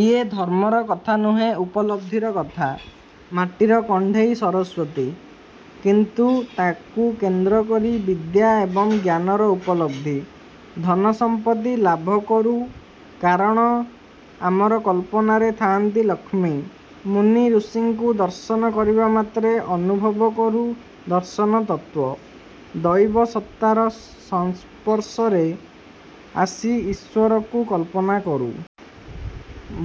ଇଏ ଧର୍ମର କଥା ନୁହେଁ, ଉପଲବ୍ଧିର କଥା। ମାଟିର କଣ୍ଢେଇ ସରସ୍ୱତୀ, କିନ୍ତୁ ତାକୁ କେନ୍ଦ୍ର କରି ବିଦ୍ୟା ଏବଂ ଜ୍ଞାନର ଉପଲବ୍ଧି। ଧନସମ୍ପତ୍ତି ଲାଭ କରୁ, କାରଣ ଆମର କଳ୍ପନାରେ ଥାଆନ୍ତି ଲକ୍ଷ୍ମୀ। ମୁନି ଋଷିଙ୍କୁ ଦର୍ଶନ କରିବାମାତ୍ରେ ଅନୁଭବ କରୁ ଦର୍ଶନତତ୍ତ୍ୱ। ଦୈବସତ୍ତାର ସଂସ୍ପର୍ଶରେ ଆସି ଈଶ୍ୱରକୁ କଳ୍ପନା କରୁ।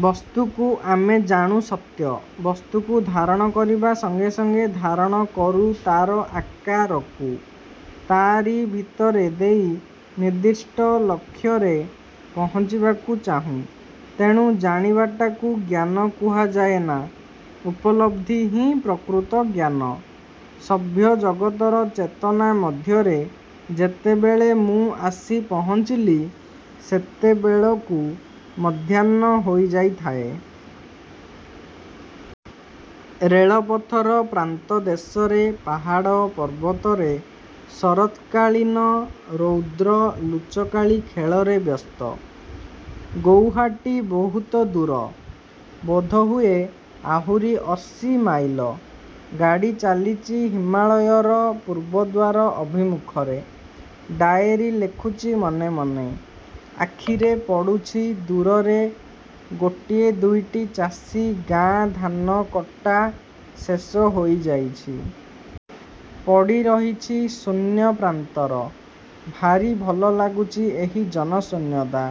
ବସ୍ତୁକୁ ଆମେ ଜାଣୁ ସତ୍ୟ। ବସ୍ତୁକୁ ଧାରଣ କରିବା ସଙ୍ଗେ ସଙ୍ଗେ ଧାରଣ କରୁ ତାର ଆକାରକୁ। ତାରି ଭିତରେ ଦେଇ ନିର୍ଦ୍ଦିଷ୍ଟ ଲକ୍ଷ୍ୟରେ ପହଞ୍ଚିବାକୁ ଚାହୁଁ। ତେଣୁ ଜାଣିବାଟାକୁ ଜ୍ଞାନ କୁହାଯାଏନା, ଉପଲବ୍ଧି ହିଁ ପ୍ରକୃତ ଜ୍ଞାନ। ସଭ୍ୟ ଜଗତର ଚେତନା ମଧ୍ୟରେ ଯେତେବେଳେ ମୁଁ ଆସି ପହଞ୍ଚିଲି, ସେତେବେଳକୁ ମଧ୍ୟାହ୍ନ ହୋଇଯାଇଥାଏ। ରେଳପଥର ପ୍ରାନ୍ତଦେଶରେ ପାହାଡ଼ ପର୍ବତରେ ଶରତ୍କାଳୀନ ରୌଦ୍ର ଲୁଚକାଳି ଖେଳରେ ବ୍ୟସ୍ତ। ଗୌହାଟୀ ବହୁତ ଦୂର, ବୋଧହୁଏ ଆହୁରି ଅଶୀ ମାଇଲ। ଗାଡ଼ି ଚାଲିଚି ହିମାଳୟର ପୂର୍ବଦ୍ୱାର ଅଭିମୁଖରେ। ଡାଏରୀ ଲେଖୁଚି ମନେ ମନେ। ଆଖିରେ ପଡ଼ୁଛି ଦୂରରେ ଗୋଟିଏ ଦୁଇଟି ଚାଷୀ ଗାଁ ଧାନ କଟା ଶେଷ ହୋଇଯାଇଛି। ପଡ଼ିରହିଛି ଶୂନ୍ୟ ପ୍ରାନ୍ତର। ଭାରି ଭଲ ଲାଗୁଛି ଏହି ଜନଶୂନ୍ୟତା।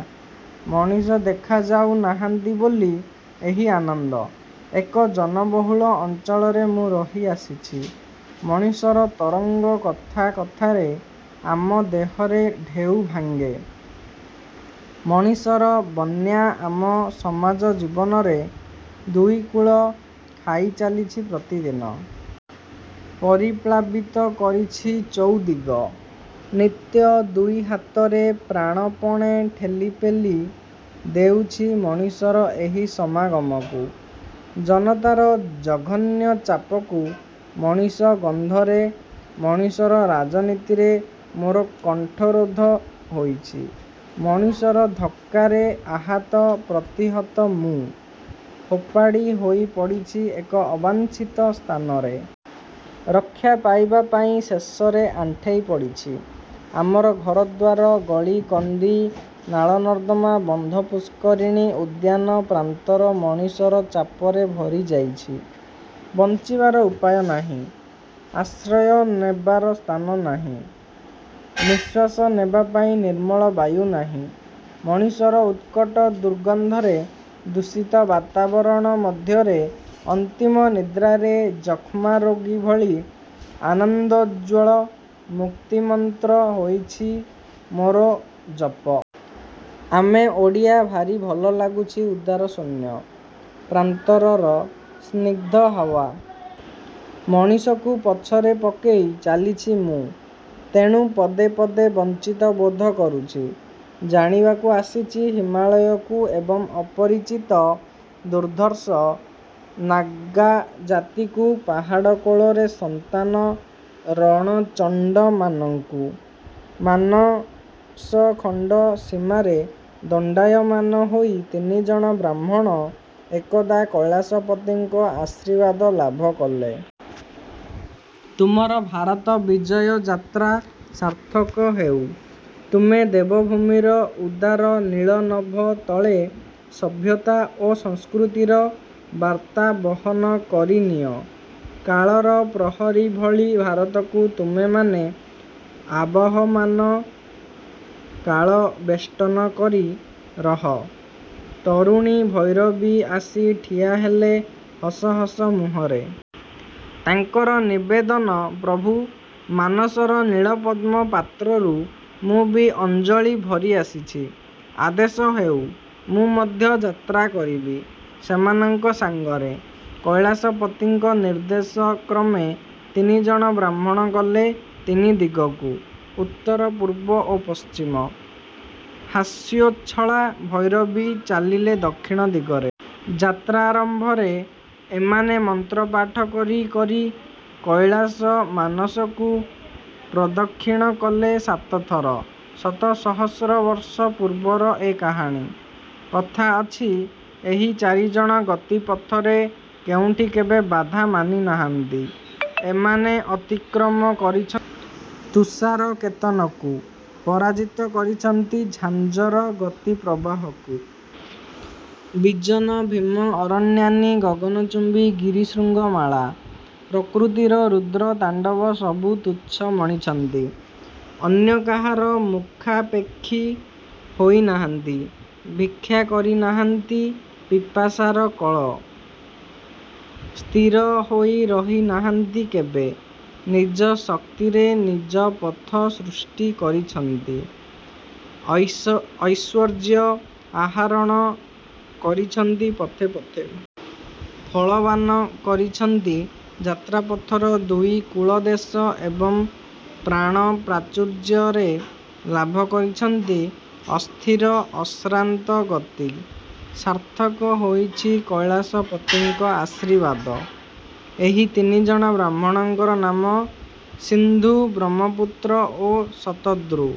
ମଣିଷ ଦେଖାଯାଉ ନାହାନ୍ତି ବୋଲି ଏହି ଆନନ୍ଦ। ଏକ ଜନବହୁଳ ଅଞ୍ଚଳରେ ମୁଁ ରହି ଆସିଛି। ମଣିଷର ତରଙ୍ଗ କଥା କଥାରେ ଆମ ଦେହରେ ଢେଉ ଭାଙ୍ଗେ। ମଣିଷର ବନ୍ୟା ଆମ ସମାଜଜୀବନରେ ଦୁଇକୂଳ ଖାଇ ଚାଲିଛି ପ୍ରତିଦିନ। ପରିପ୍ଲାବିତ କରିଛି ଚୌଦିଗ। ନିତ୍ୟ ଦୁଇ ହାତରେ ପ୍ରାଣପଣେ ଠେଲି ପେଲି ଦେଉଛି ମଣିଷର ଏହି ସମାଗମକୁ, ଜନତାର ଜଘନ୍ୟ ଚାପକୁ। ମଣିଷ ଗନ୍ଧରେ, ମଣିଷର ରାଜନୀତିରେ ମୋର କଣ୍ଠରୋଧ ହୋଇଛି। ମଣିଷର ଧକ୍କାରେ ଆହତ, ପ୍ରତିହତ ମୁଁ। ଫୋପାଡ଼ି ହୋଇ ପଡ଼ିଛି ଏକ ଅବାଞ୍ଛିତ ସ୍ଥାନରେ। ରକ୍ଷା ପାଇବା ପାଇଁ ଶେଷରେ ଆଣ୍ଠେଇ ପଡ଼ିଛି। ଆମର ଘରଦ୍ୱାର, ଗଳି କନ୍ଦି, ନାଳ ନର୍ଦ୍ଦମା, ବନ୍ଧ ପୁଷ୍କରିଣୀ, ଉଦ୍ୟାନ ପ୍ରାନ୍ତର ମଣିଷର ଚାପରେ ଭରିଯାଇଛି, ବଞ୍ଚିବାର ଉପାୟ ନାହିଁ। ଆଶ୍ରୟ ନେବାର ସ୍ଥାନ ନାହିଁ, ନିଶ୍ୱାସ ନେବା ପାଇଁ ନିର୍ମଳ ବାୟୁ ନାହିଁ। ମଣିଷର ଉତ୍କଟ ଦୁର୍ଗନ୍ଧରେ ଦୂଷିତ ବାତାବରଣ ମଧ୍ୟରେ ଅନ୍ତିମ ନିଦ୍ରାରେ ଯକ୍ଷ୍ମାରୋଗୀ ଭଳି ଆନନ୍ଦୋଜ୍ଜ୍ୱଳ ମୁକ୍ତିମନ୍ତ୍ର ହୋଇଛି ମୋର ଜପ। ଆମେ ଓଡ଼ିଆ ଭାରି ଭଲ ଲାଗୁଛି ଉଦାରଶୂନ୍ୟ ପ୍ରାନ୍ତରର ସ୍ନିଗ୍ଧ ହାୱା। ମଣିଷକୁ ପଛରେ ପକେଇ ଚାଲିଛି ମୁଁ, ତେଣୁ ପଦେ ପଦେ ବଞ୍ଚିତ ବୋଧ କରୁଛି। ଜାଣିବାକୁ ଆସିଛି ହିମାଳୟକୁ ଏବଂ ଅପରିଚିତ ଦୁର୍ଦ୍ଧର୍ଷ ନାଗାଜାତିକୁ ପାହାଡ଼ କୋଳରେ ସନ୍ତାନ ରଣଚଣ୍ଡମାନଙ୍କୁ। ମାନସଖଣ୍ଡ ସୀମାରେ ଦଣ୍ଡାୟମାନ ହୋଇ ତିନିଜଣ ବ୍ରାହ୍ମଣ ଏକଦା କୈଳାସପତିଙ୍କ ଆଶୀର୍ବାଦ ଲାଭ କଲେ। ତୁମର ଭାରତ ବିଜୟ ଯାତ୍ରା ସାର୍ଥକ ହେଉ। ତୁମେ ଦେବଭୂମିର ଉଦାର ନୀଳନଭ ତଳେ ସଭ୍ୟତା ଓ ସଂସ୍କୃତିର ବାର୍ତ୍ତା ବହନ କରିନିଅ। କାଳର ପ୍ରହରୀ ଭଳି ଭାରତକୁ ତୁମେମାନେ ଆବହମାନ କାଳ ବେଷ୍ଟନ କରି ରହ। ତରୁଣୀ ଭୈରବୀ ଆସି ଠିଆହେଲେ ହସ ହସ ମୁହଁରେ। ତାଙ୍କର ନିବେଦନ, ପ୍ରଭୁ। ମାନସର ନୀଳପଦ୍ମ ପାତ୍ରରୁ ମୁଁ ବି ଅଞ୍ଜଳି ଭରି ଆସିଛି, ଆଦେଶ ହେଉ, ମୁଁ ମଧ୍ୟ ଯାତ୍ରା କରିବି ସେମାନଙ୍କ ସାଙ୍ଗରେ। କୈଳାସପତିଙ୍କ ନିର୍ଦ୍ଦେଶକ୍ରମେ ତିନିଜଣ ବ୍ରାହ୍ମଣ ଗଲେ ତିନି ଦିଗକୁ ଉତ୍ତର, ପୂର୍ବ ଓ ପଶ୍ଚିମ। ହାସ୍ୟୋଚ୍ଛଳା ଭୈରବୀ ଚାଲିଲେ ଦକ୍ଷିଣ ଦିଗରେ। ଯାତ୍ରାରମ୍ଭରେ ଏମାନେ ମନ୍ତ୍ରପାଠ କରି କରି କୈଳାସ ମାନସକୁ ପ୍ରଦକ୍ଷିଣ କଲେ ସାତଥର। ଶତ ସହସ୍ର ବର୍ଷ ପୂର୍ବର ଏ କାହାଣୀ। କଥା ଅଛି, ଏହି ଚାରିଜଣ ଗତିପଥରେ କେଉଁଠି କେବେ ବାଧା ମାନି ନାହାନ୍ତି। ଏମାନେ ଅତିକ୍ରମ କରିଛନ୍ତି ତୁଷାରକେତନକୁ। ପରାଜିତ କରିଛନ୍ତି ଝାଞ୍ଜର ଗତିପ୍ରବାହକୁ। ବିଜନ ଭୀମ ଅରଣ୍ୟାନୀ, ଗଗନଚୁମ୍ବୀ ଗିରିଶୃଙ୍ଗମାଳା, ପ୍ରକୃତିର ରୁଦ୍ର ତାଣ୍ଡବ ସବୁ ତୁଚ୍ଛ ମଣିଛନ୍ତି। ଅନ୍ୟ କାହାର ମୁଖାପେକ୍ଷୀ ହୋଇନାହାନ୍ତି। ଭିକ୍ଷା କରି ନାହାନ୍ତି ପିପାସାର କଳ। ସ୍ଥିର ହୋଇ ରହି ନାହାନ୍ତି କେବେ। ନିଜ ଶକ୍ତିରେ ନିଜ ପଥ ସୃଷ୍ଟି କରିଛନ୍ତି। ଐଶ୍ୱର୍ଯ୍ୟ ଆହରଣ କରିଛନ୍ତି ପଥେ ପଥେ। ଫଳବାନ କରିଛନ୍ତି ଯାତ୍ରାପଥର ଦୁଇ କୂଳଦେଶ ଏବଂ ପ୍ରାଣପ୍ରାଚୁର୍ଯ୍ୟରେ ଲାଭ କରିଛନ୍ତି ଅସ୍ଥିର ଅଶ୍ରାନ୍ତ ଗତି। ସାର୍ଥକ ହୋଇଛି କୈଳାସପତିଙ୍କ ଆଶୀର୍ବାଦ। ଏହି ତିନିଜଣ ବ୍ରାହ୍ମଣଙ୍କର ନାମ ସିନ୍ଧୁ, ବ୍ରହ୍ମପୁତ୍ର ଓ ଶତଦ୍ରୁ।